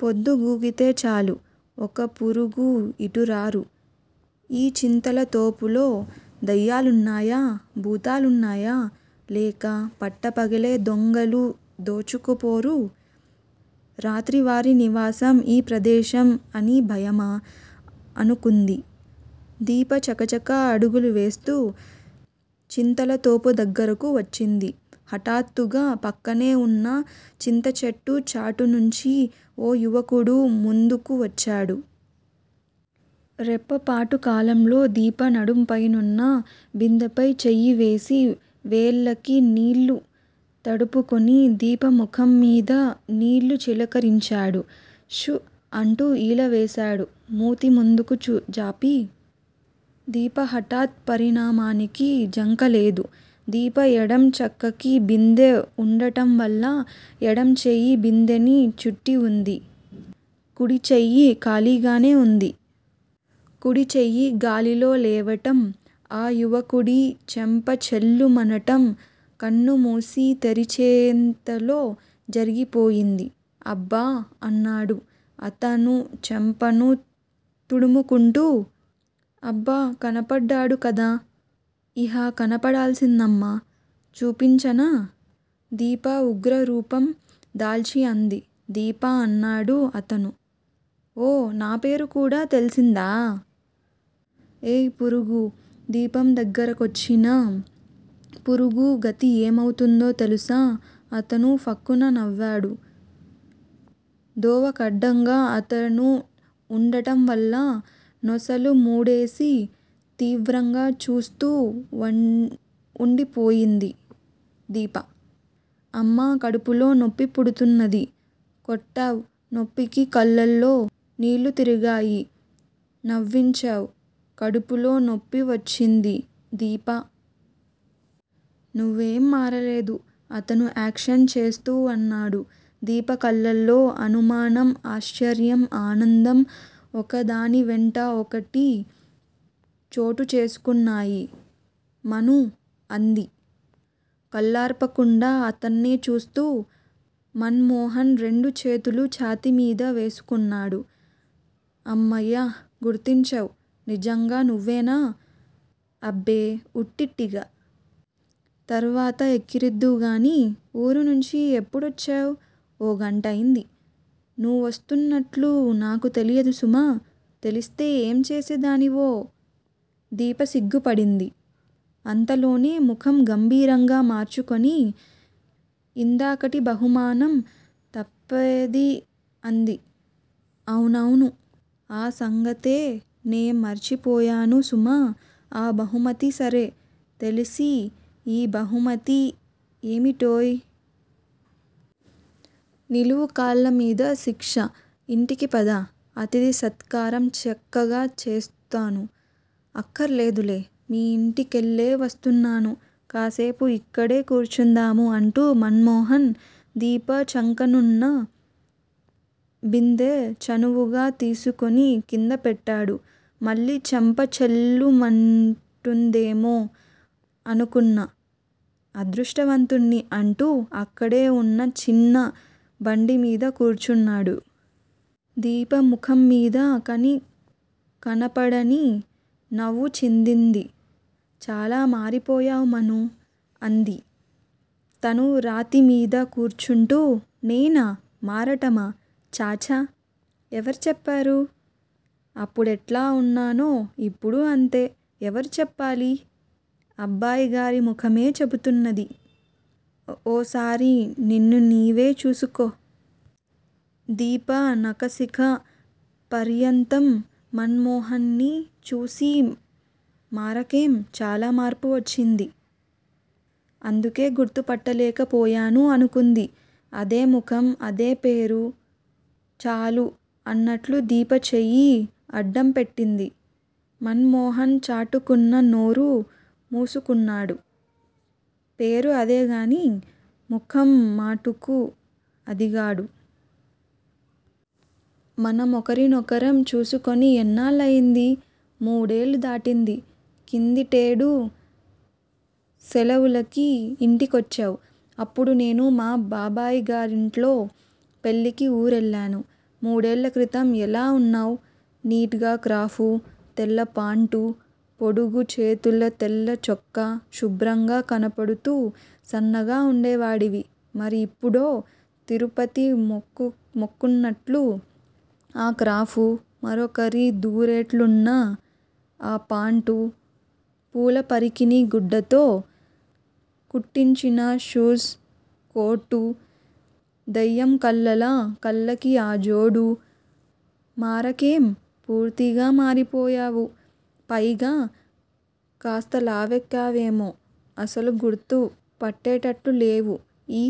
పొద్దుగూకితే చాలు ఒక్క పురుగు ఇటు రారు. ఈ చింతలతోపులో దెయ్యాలున్నాయా? భూతాలున్నాయా? లేక పట్టపగలే దొంగలు దోచుకుపోరు. రాత్రి వారి నివాసం ఈ ప్రదేశం అని భయమా? అనుకుంది. దీప చకచక అడుగులు వేస్తు చింతలతోప దగ్గరకు వచ్చింది. హఠాత్తుగా పక్కనే వున్న చింతచెట్టు చాటునుంచి ఓ యువకుడు ముందుకు వచ్చాడు. రెప్పపాటు కాలంలో దీప నడుం పైనున్న బిందెపై చెయ్యివేసి వేళ్ళకి నీళ్ళు తడుపుకుని దీప ముఖంమీద నీళ్ళు చిలకరించాడు. షూ అంటూ ఈలవేశాడు మూతి ముందుకు చు జాపి. దీప హఠాత్ పరిణామానికి జంకలేదు. దీప ఎడం చంకకి బిందె వుండటంవల్ల ఎడంచెయ్యి బిందెని చుట్టివుంది. కుడిచెయ్యి ఖాళీగానే వుంది. కుడిచెయ్యి గాలిలో లేవటం ఆ యువకుడి చెంప ఛెళ్లుమనటం కన్నుమూసి తెరిచేంతలో జరిగిపోయింది. అబ్బా! అన్నాడు అతను చెంపను తుడుముకుంటూ. అబ్బ కనపడ్డాడు కదా? ఇహ కనపడాల్సింది అమ్మ. చూపించనా? దీప ఉగ్రరూపం దాల్చి అంది. దీపా! అన్నాడు అతను. ఓ నా పేరు కూడా తెలిసిందా? ఏయ్ పురుగూ, దీపందగ్గర కొచ్చిన పురుగు గతి ఏమవుతుందో తెలుసా. అతను ఫక్కున నవ్వాడు. దోవ కడ్డంగా అతను వుండటం వల్ల నొసలు ముడేసి తీవ్రంగా చూస్తూ వ వుండిపోయింది దీప. అమ్మా, కడుపులో నొప్పిపుడుతున్నది. కొట్టావ్, నొప్పికి కళ్ళల్లో నీళ్ళుతిరిగాయి. నవ్వించావ్, కడుపులో నొప్పివచ్చింది. దీపా! నువ్వేం మారలేదు అతను యాక్షన్ చేస్తూ అన్నాడు. దీప కళ్ళల్లో అనుమానం, ఆశ్చర్యం, ఆనందం ఒక దాని వెంట ఒకటి చోటు చేసుకున్నాయి. మనూ! అంది కళ్ళార్పకుండా అతన్నే చూస్తూ. మన్ మోహన్ రెండు చేతులు ఛాతీమీద వేసుకున్నాడు. అమ్మయ్య, గుర్తించావ్! నిజంగా నువ్వేనా? అబ్బే ఉట్టిట్టిగా. తర్వాత ఎక్కిరిద్దువుగాని, ఊరునుంచి ఎప్పుడొచ్చావ్? ఓ గంటయింది. నువ్వొస్తున్నట్లు నాకు తెలియదు సుమా? తెలిస్తే ఏం చేసేదానివో? దీప సిగ్గుపడింది. అంతలోనే ముఖం గంభీరంగా మార్చుకుని ఇందాకటి బహుమానం తప్పేది అంది. అవునవును, ఆ సంగతే నే మర్చిపోయాను సుమా? ఆ బహుమతి సరే! తెలిసి ఈ బహుమతి ఏమిటోయ్? నిలువు కాళ్ళమీద శిక్ష. ఇంటికి పద, అతిధి సత్కారం చక్కగా చేస్తాను అక్కరలేదులే. మీ ఇంటి కెళ్ళే వస్తున్నాను. కాసేపు ఇక్కడే కూర్చుందాము అంటూ మన్ మోహన్, దీప చంకనున్న బిందె చనువుగా తీసుకుని కిందపెట్టాడు. మళ్ళీ చెంప ఛెళ్ళుమంటుందేమో అనుకున్నా అదృష్టవంతుడ్ని అంటూ అక్కడే వున్న చిన్న బండమీద కూర్చున్నాడు. దీప ముఖంమీద కనీ కనపడని నవ్వు చిందింది. చాలా మారిపొయ్యావ్ మనూ! అంది తనూ రాతి మీద కూర్చుంటూ. నేనా? మారటమా? ఛా ఛా ఎవరు చెప్పారు? అప్పుడెట్లా వున్నానో ఇప్పుడూ అంతే. ఎవరు చెప్పాలి, అబ్బాయిగారి ముఖమే చెపుతున్నది. ఓ సారి నిన్ను నీవే చూసుకో. దీప నఖశిఖ పర్యంతం మన్ మోహన్ ని చూసి మారకేం, చాలా మార్పు వచ్చింది. అందుకే గుర్తుపట్టలేక పోయాను అనుకుంది. అదే ముఖం అదే పేరు చాలు అన్నట్లు దీప చెయ్యి అడ్డంపెట్టింది. మన్ మోహన్ చాటుక్కున నోరు మూసుకున్నాడు. పేరు అదేగాని ముఖం మటుకు అదిగాడు. మనం ఒకరినొకరం చూసుకుని ఎన్నాళ్ళయింది? మూడేళ్ళు దాటింది. కిందటేడు శలవులకి ఇంటికొచ్చావ్, అప్పుడు నేను మా బాబయిగారింట్లో పెళ్ళికి ఊరెళ్ళాను. మూడేళ్ళక్రితం ఎలా వున్నావ్? నీట్ గా క్రాపు, తెల్లపాంటు, పొడుగుచేతుల తెల్ల చొక్కా, శుభ్రంగా కనపడుతూ సన్నగా వుండేవాడివి. మరి ఇప్పుడో? తిరుపతి మొక్కు మొక్కున్నట్లు ఆ క్రాపు, మరొకరి దూరేట్లున్న ఆ పాంటు, పూల పరికిణీ గుడ్డతో కుట్టించిన షూస్ కోటు, దెయ్యం కళ్ళలా కళ్ళకి ఆ జోడు మారకేం పూర్తిగా మారిపొయ్యావు. పైగా కాస్త లావెక్కావేమో అసలు గుర్తు పట్టేటట్లు లేవు. ఈ